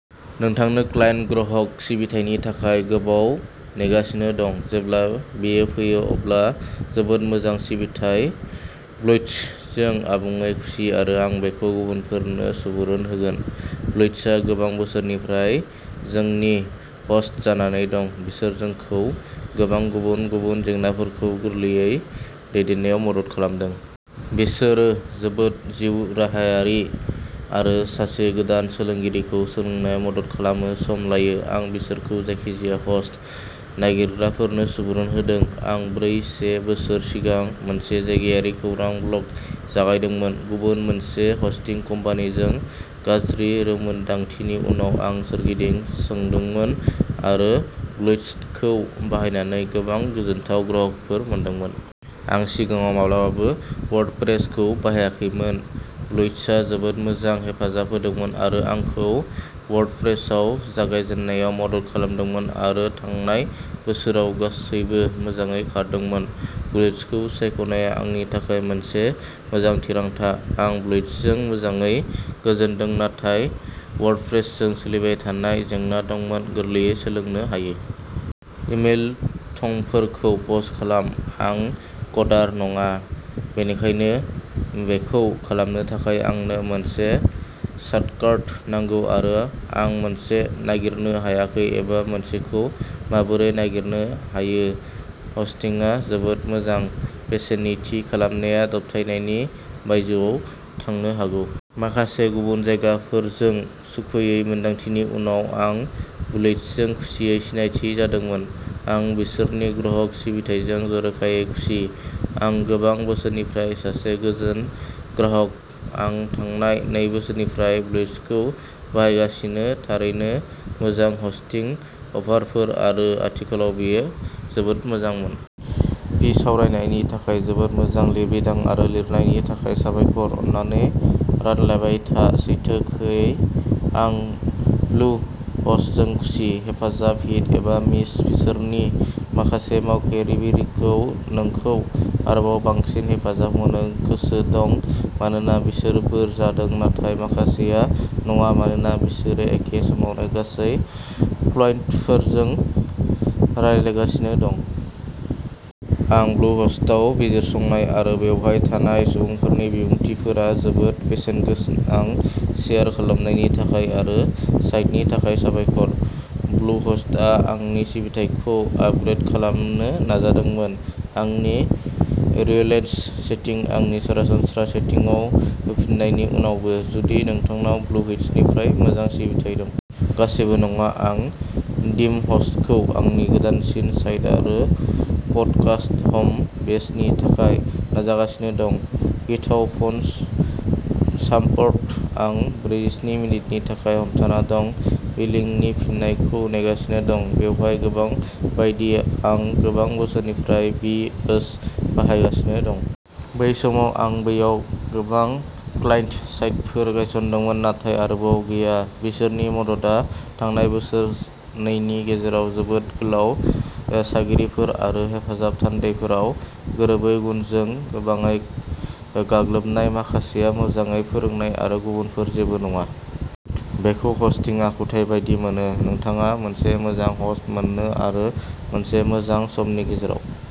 नोंथांनो क्लायन्ट ग्राहक सिबिथायनि थाखाय गोबाव नेगासिनो दं। जेब्ला बेयो फैयो अब्ला जोबोद मोजां सिबिथाइ ब्लुयेटजों आबुङै खुसि आरो आं बेखौ गुबुनफोरनो सुबुरुन होगोन। ब्लुयेटसआ गोबां बोसोरनिफ्राय जोंनि हस्ट जानानै दं। बिसोरो जोंखौ गोबां गुबुन गुबुन जेंनाफोरखौ गोरलैयै दैदेननायाव मदद खालामदों। बिसोरो जोबोद जिउराहायारि आरो सासे गोदान सोलोंगिरिखौ सोलोंनायाव मदद खालामनो सम लायो। आं बिसोरखौ जायखिजाया हस्ट नागिरग्राफोरनो सुबुरुन होदों। आं ब्रै से बोसोर सिगां मोनसे जायगायारि खौरां ब्लग जागायदोंमोन। गुबुन मोनसे हस्टिं कम्पानिजों गाज्रि रोंमोनदांथिनि उनाव आं सोरगिदिं सोंदोंमोन आरो ब्लुहस्टखौ बाहायनानै गोबां गोजोनथाव ग्राहकफोर मोनदोंमोन। आं सिगाङाव माब्लाबाबो वर्डप्रेसखौ बाहायाखैमोन। ब्लुहस्टआ जोबोद मोजां हेफाजाब होदोंमोन आरो आंखौ वर्डप्रेसआव जागायजेननायाव मदद खालामदोंमोन आरो थांनाय बोसोराव गासैबो मोजाङै खारदोंमोन। ब्लुहस्टखौ सायख'नाया आंनि थाखाय मोनसे मोजां थिरांथा। आं ब्लुहस्टजों मोजाङै गोजोनदों नाथाय वर्डप्रेसजों सोलिबाय थानाय जेंना दंमोन गोरलैयै सोलोंनो हायै। इमेल थंफोरखौ पस्ट खालाम। आं कडार नङा बेनिखायनो बेखौ खालामनो थाखाय आंनो मोनसे सर्टकाट नांगौ आरो आं मोनसे नागिरनो हायाखै एबा मोनसेखौ माबोरै नागिरनो हायो हस्टिंआ जोबोद मोजां। बेसेन थि खालामनाया दबथायनायनि बायजोआव थांनो हागौ। माखासे गुबुन जगायग्राफोरजों सुखुयै मोन्दांथिनि उनाव आं ब्लुयेटसजों खुसियै सिनायथि जादोंमोन। आं बिसोरनि ग्राहक सिबिथाइजों जर'खायै खुसि। आं गोबां बोसोरनिफ्राय सासे गोजोन ग्राहक आं थांनाय नै बोसोरनिफ्राय ब्लुहस्टखौ बाहायगासिनो थारैनो मोजां हस्टिं अफारफोर आरो आथिखालाव बेयो जोबोद मोजांमोन। बिसावरायनायनि थाखाय जोबोद मोजां लिरबिदां आरो लिरनायनि थाखाय साबायखर। अन्नानै रानलायबाय था। सैथोखै आं ब्लु हस्टजोंबो खुसि। हेफाजाबआ हिट एबा मिस बिसोरनि माखासे मावख'गिरिफोरा नोंखौ आरोबाव बांसिन हेफाजाब होनो गोसो दं मानोना बिसोरो बोर जादों नाथाय माखासेआ नङा मानोना बिसोरो एखे समावनो गासै क्लाइन्टफोरजों रायज्लांगासिनो दं। आं ब्लुहस्टआव बिजिरसंनाय आरो बेवहाय थानाय सुबुंफोरनि बिबुंथिफोरा जोबोद बेसेनगोनां शेयार खालामनायनि थाखाय आरो साइटनि थाखाय साबायखर! ब्लुहस्टआ आंनि सिबिथायखौ आपग्रेद खालामनो नाजादोंमोन आंनि रिलेएस सेटिंखौ आंनि सरासनस्रा सेटिंसआव होफिननायनि उनावबो। जुदि नोंथांनाव ब्लुहस्टनिफ्राय मोजां सिबिथाइ दं। गासैबो नङा। आं ड्रिमहस्टखौ आंनि गोदानसिन साइट आरो पडकास्ट हम बेसनि थाखाय नाजागासिनो दं। गिथाव फन सापर्ट आं ब्रैजिस्नि मिनिटनि थाखाय हमथाना दं बिलिंनि फिननायखौ नेगासिनो दं। बेवहाय गोबां बायदि आं गोबां बोसोरनिफ्राय बि ओस बाहायगासिनो दं। बै समाव आं बैयाव गोबां क्लाइन्ट साइटफोर गायस'नदों। नाथाय आरोबाव गैया। बिसोरनि मददआ थांनाय बोसोरनैनि गेजेराव जोबोद गोलाव सारिफोर आरो हेफाजाब थान्दैफोराव गोरोबै गुनजों गोबाङैनो गोग्लैबाय माखासेआ मोजाङै फोरोंजानाय आरो गुबुनफोरा जेबो नङा। बेखौ हस्टिंनि आखुथाय बायदि मोनो। नोंथाङा मोनसे मोजां हस्ट मोनो आरो मोनसे मोजां समनि गेजेराव।